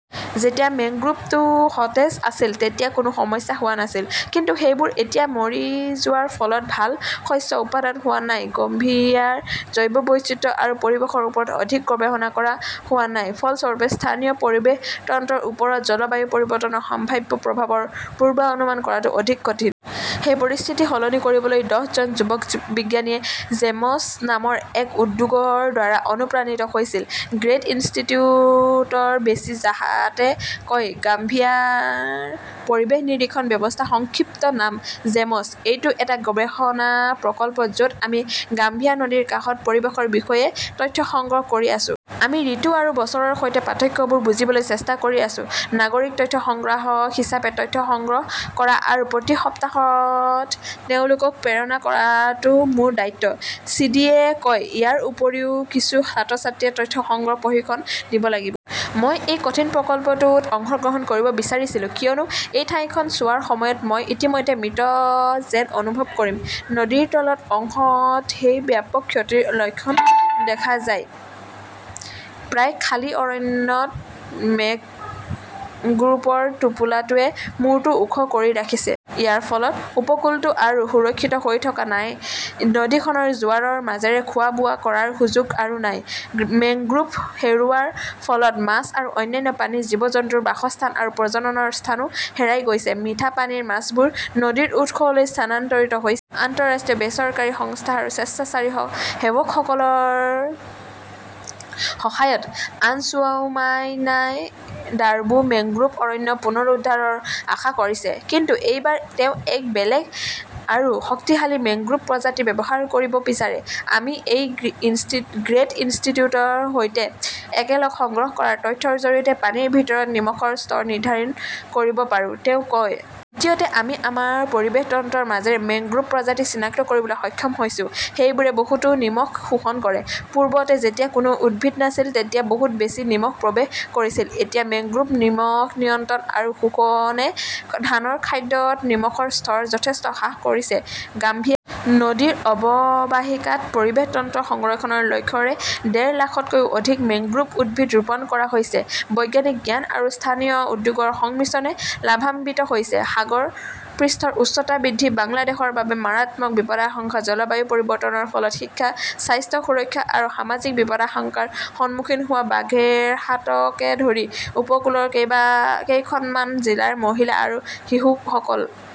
যেতিয়া মেংগ্ৰোভটো সতেজ আছিল, তেতিয়া কোনো সমস্যা হোৱা নাছিল। কিন্তু সেইবোৰ এতিয়া মৰি যোৱাৰ ফলত ভাল শস্য উৎপাদন হোৱা নাই। গাম্বিয়াৰ জৈৱ বৈচিত্ৰ্য আৰু পৰিৱেশৰ ওপৰত অধিক গৱেষণা কৰা হোৱা নাই। ফলস্বৰূপে স্থানীয় পৰিৱেশ তন্ত্ৰৰ ওপৰত জলবায়ু পৰিৱৰ্তনৰ সম্ভাৱ্য প্ৰভাৱৰ পূৰ্বানুমান কৰাটো অধিক কঠিন। সেই পৰিস্থিতি সলনি কৰিবলৈ দহজন যুৱ বিজ্ঞানীয়ে "জেমছ" নামৰ এক উদ্যোগৰ দ্বাৰা অনুপ্ৰাণিত হৈছিল। গ্ৰেট ইনষ্টিটিউটৰ বেটি জাহাতে কয়, গাম্বিয়াৰ পৰিৱেশ নিৰীক্ষণ ব্যৱস্থাৰ সংক্ষিপ্ত নাম 'জেমছ'। এইটো এটা গৱেষণা প্ৰকল্প য 'ত আমি গাম্বিয়া নদীৰ কাষত পৰিৱেশৰ বিষয়ে তথ্য সংগ্ৰহ কৰি আছো। আমি ঋতু আৰু বছৰৰ সৈতে পাৰ্থক্যবোৰ বুজিবলৈ চেষ্টা কৰি আছো। "নাগৰিক তথ্য সংগ্ৰাহক হিচাপে তথ্য সংগ্ৰহ কৰা আৰু প্ৰতি সপ্তাহত তেওঁলোকক প্ৰেৰণ কৰাটো মোৰ দায়িত্ব", চিডিয়ে কয়। ইয়াৰ উপৰিও কিছুমান ছাত্ৰ-ছাত্ৰীয়ে তথ্য সংগ্ৰহৰ প্ৰশিক্ষণ দিব লাগিব। মই এই প্ৰকল্পটোত অংশগ্ৰহণ কৰিব বিচাৰিছিলো, কিয়নো, এই ঠাইখন চোৱাৰ সময়ত মই ইতিমধ্যে মৃত যেন অনুভৱ কৰিম। "নদীৰ তলৰ অংশত সেই ব্যাপক ক্ষতিৰ লক্ষণ দেখা যায়। প্ৰায় খালী অৰণ্যত, মেংগ্ৰোভৰ টোপোলাটোৱে মূৰটো ওখ কৰি ৰাখিছে। ইয়াৰ ফলত উপকূলটো আৰু সুৰক্ষিত হৈ থকা নাই। নদীখনৰ জোৱাৰৰ মাজেৰে খোৱা-বোৱা কৰাৰ সুযোগ আৰু নাই। মেংগ্ৰোভ হেৰুওৱাৰ ফলত মাছ আৰু অন্যান্য পানীৰ জীৱ-জন্তুৰ বাসস্থান আৰু প্ৰজননৰ স্থানো হেৰাই গৈছে। মিঠা পানীৰ মাছবোৰ নদীৰ উৎসলৈ স্থানান্তৰিত হৈছে। আন্তঃৰাষ্ট্ৰীয় বেচৰকাৰী সংস্থা আৰু স্বেচ্ছাসেৱকসকলৰ সহায়ত আনছুমানাই ডাৰ্বো মেংগ্ৰোভ অৰণ্য পুনৰুদ্ধাৰৰ আশা কৰিছে। কিন্তু এইবাৰ তেওঁ এক বেলেগ আৰু শক্তিশালী মেংগ্ৰোভ প্ৰজাতি ব্যৱহাৰ কৰিব বিচাৰে। "আমি গ্ৰেট ইনষ্টিটিউটৰ সৈতে একেলগে সংগ্ৰহ কৰা তথ্যৰ জৰিয়তে পানীৰ ভিতৰত নিমখৰ স্তৰ নিৰ্ধাৰণ কৰিব পাৰোঁ", তেওঁ কয়। দ্বিতীয়তে, আমি আমাৰ পৰিৱেশ তন্ত্ৰৰ মাজৰ মেংগ্ৰোভ প্ৰজাতি চিনাক্ত কৰিবলৈ সক্ষম হৈছো। সেইবোৰে বহুতো নিমখ শোষণ কৰে। পূৰ্বতে যেতিয়া কোনো উদ্ভিদ নাছিল, তেতিয়া বহুত বেছি নিমখ প্ৰৱেশ কৰিছিল। এতিয়া, মেংগ্ৰোভ নিমখ নিয়ন্ত্ৰণ আৰু শোষণে ধানৰ খাদ্যত নিমখৰ স্তৰ যথেষ্ট হ্ৰাস কৰিছে। গাম্বিয়া নদী অৱবাহিকাত পৰিৱেশ তন্ত্ৰ সংৰক্ষণৰ লক্ষ্যৰে ডেৰ লাখতকৈও অধিক মেংগ্ৰোভ উদ্ভিদ ৰোপণ কৰা হৈছে। বৈজ্ঞানিক জ্ঞান আৰু স্থানীয় উদ্যোগৰ সংমিশ্ৰণে লাভান্বিত হৈছে। সাগৰ পৃষ্ঠৰ উচ্চতা বৃদ্ধি, বাংলাদেশৰ বাবে মাৰাত্মক বিপদাশংকা জলবায়ু পৰিৱৰ্তনৰ ফলত শিক্ষা, স্বাস্থ্য সুৰক্ষা আৰু সামাজিক বিপদাশংকাৰ সন্মুখীন হোৱা বাঘেৰহাটকে ধৰি উপকূলৰ কেইখনমান জিলাৰ মহিলা আৰু শিশুসকল।